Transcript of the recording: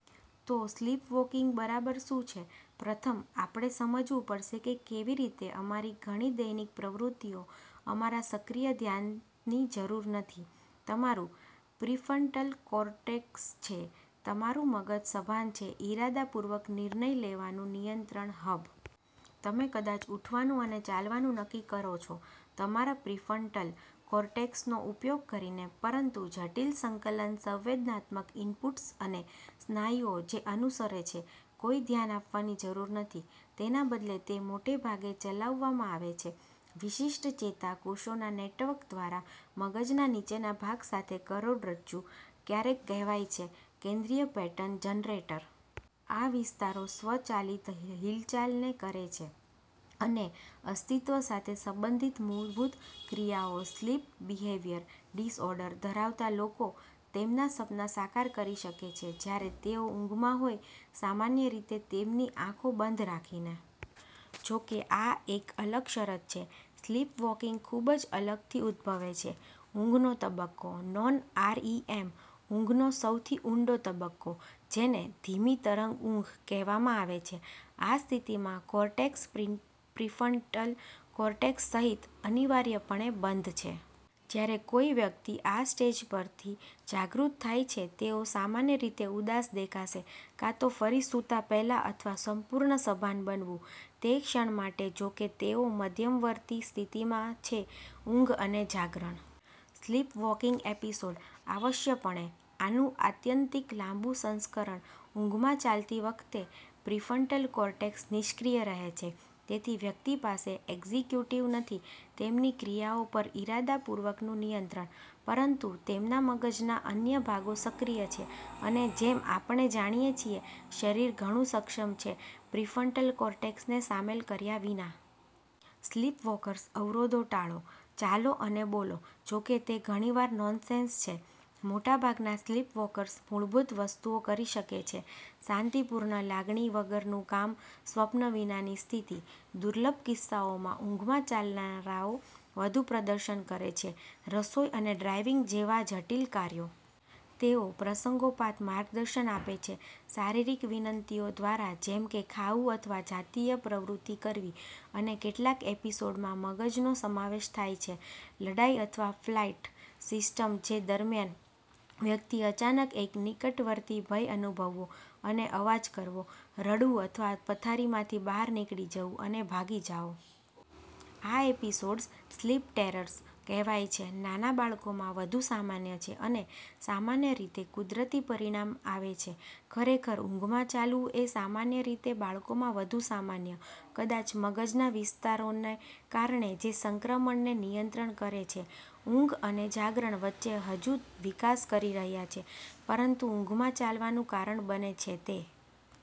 તો, સ્લીપવૉકિંગ બરાબર શું છે? પ્રથમ, આપણે સમજવું પડશે કે કેવી રીતે અમારી ઘણી દૈનિક પ્રવૃત્તિઓ અમારા સક્રિય ધ્યાનની જરૂર નથી. તમારું પ્રીફ્રન્ટલ કોર્ટેક્સ છે તમારું મગજ સભાન છે, ઇરાદાપૂર્વક, નિર્ણય લેવાનું નિયંત્રણ હબ. તમે કદાચ ઉઠવાનું અને ચાલવાનું નક્કી કરો છો તમારા પ્રીફ્રન્ટલ કોર્ટેક્સનો ઉપયોગ કરીને, પરંતુ જટિલ સંકલન સંવેદનાત્મક ઇનપુટ્સ અને સ્નાયુઓ જે અનુસરે છે કોઈ ધ્યાન આપવાની જરૂર નથી. તેના બદલે, તે મોટે ભાગે ચલાવવામાં આવે છે વિશિષ્ટ ચેતા કોષોના નેટવર્ક દ્વારા મગજના નીચેના ભાગ સાથે અને કરોડરજ્જુ, ક્યારેક કહેવાય છે "કેન્દ્રીય પેટર્ન જનરેટર. " આ વિસ્તારો સ્વચાલિત હિલચાલને કરે છે અને અસ્તિત્વ સાથે સંબંધિત મૂળભૂત ક્રિયાઓ. સ્લીપ બિહેવિયર ડિસઓર્ડર ધરાવતા લોકો તેમના સપના સાકાર કરી શકે છે જ્યારે તેઓ ઊંઘમાં હોય, સામાન્ય રીતે તેમની આંખો બંધ રાખીને. જો કે, આ એક અલગ શરત છે. સ્લીપવૉકિંગ ખૂબ જ અલગથી ઉદભવે છે ઊંઘનો તબક્કો- નોન-આરઈએમ ઊંઘનો સૌથી ઊંડો તબક્કો, જેને "ધીમી-તરંગ ઊંઘ" કહેવામાં આવે છે. આ સ્થિતિમાં, કોર્ટેક્સ, પ્રીફ્રન્ટલ કોર્ટેક્સ સહિત, અનિવાર્યપણે બંધ છે. જ્યારે કોઈ વ્યક્તિ આ સ્ટેજ પરથી જાગૃત થાય છે, તેઓ સામાન્ય રીતે ઉદાસ દેખાશે કાં તો ફરી સૂતા પહેલા અથવા સંપૂર્ણ સભાન બનવું. તે ક્ષણ માટે, જોકે, તેઓ મધ્યવર્તી સ્થિતિમાં છે ઊંઘ અને જાગરણ. સ્લીપવોકિંગ એપિસોડ, આવશ્યકપણે, આનું આત્યંતિક, લાંબું સંસ્કરણ. ઊંઘમાં ચાલતી વખતે, પ્રીફ્રન્ટલ કોર્ટેક્સ નિષ્ક્રિય રહે છે, તેથી વ્યક્તિ પાસે એક્ઝિક્યુટિવ નથી, તેમની ક્રિયાઓ પર ઇરાદાપૂર્વકનું નિયંત્રણ. પરંતુ તેમના મગજના અન્ય ભાગો સક્રિય છે. અને, જેમ આપણે જાણીએ છીએ, શરીર ઘણું સક્ષમ છે પ્રીફ્રન્ટલ કોર્ટેક્સને સામેલ કર્યા વિના. સ્લીપવોકર્સ અવરોધો ટાળો, ચાલો અને બોલો- જો કે તે ઘણીવાર નોનસેન્સ છે. મોટાભાગના સ્લીપવૉકર્સ મૂળભૂત વસ્તુઓ કરી શકે છે, શાંતિપૂર્ણ, લાગણી વગરનું કામ સ્વપ્ન વિનાની સ્થિતિ. દુર્લભ કિસ્સાઓમાં, ઊંઘમાં ચાલનારાઓ વધુ પ્રદર્શન કરે છે રસોઈ અને ડ્રાઇવિંગ જેવા જટિલ કાર્યો. તેઓ પ્રસંગોપાત માર્ગદર્શન આપે છે શારીરિક વિનંતીઓ દ્વારા, જેમ કે ખાવું અથવા જાતીય પ્રવૃત્તિઓ કરવી. અને કેટલાક એપિસોડમાં મગજનો સમાવેશ થાય છે લડાઈ અથવા ફ્લાઇટ સિસ્ટમ, જે દરમિયાન વ્યક્તિ અચાનક એક નિકટવર્તી ભય અનુભવો, અને અવાજ કરવો, રડવું અથવા પથારીમાંથી બહાર નીકળી જવું અને ભાગી જાઓ. આ એપિસોડ્સ, "સ્લીપ ટેરર્સ" કહેવાય છે. નાના બાળકોમાં વધુ સામાન્ય છે અને સામાન્ય રીતે કુદરતી પરિણામ આવે છે. ખરેખર, ઊંઘમાં ચાલવું એ સામાન્ય રીતે છે બાળકોમાં વધુ સામાન્ય, કદાચ મગજના વિસ્તારોને કારણે જે સંક્રમણને નિયંત્રિત કરે છે ઊંઘ અને જાગરણ વચ્ચે હજુ વિકાસ કરી રહ્યા છે. પરંતુ ઊંઘમાં ચાલવાનું કારણ બને છે તે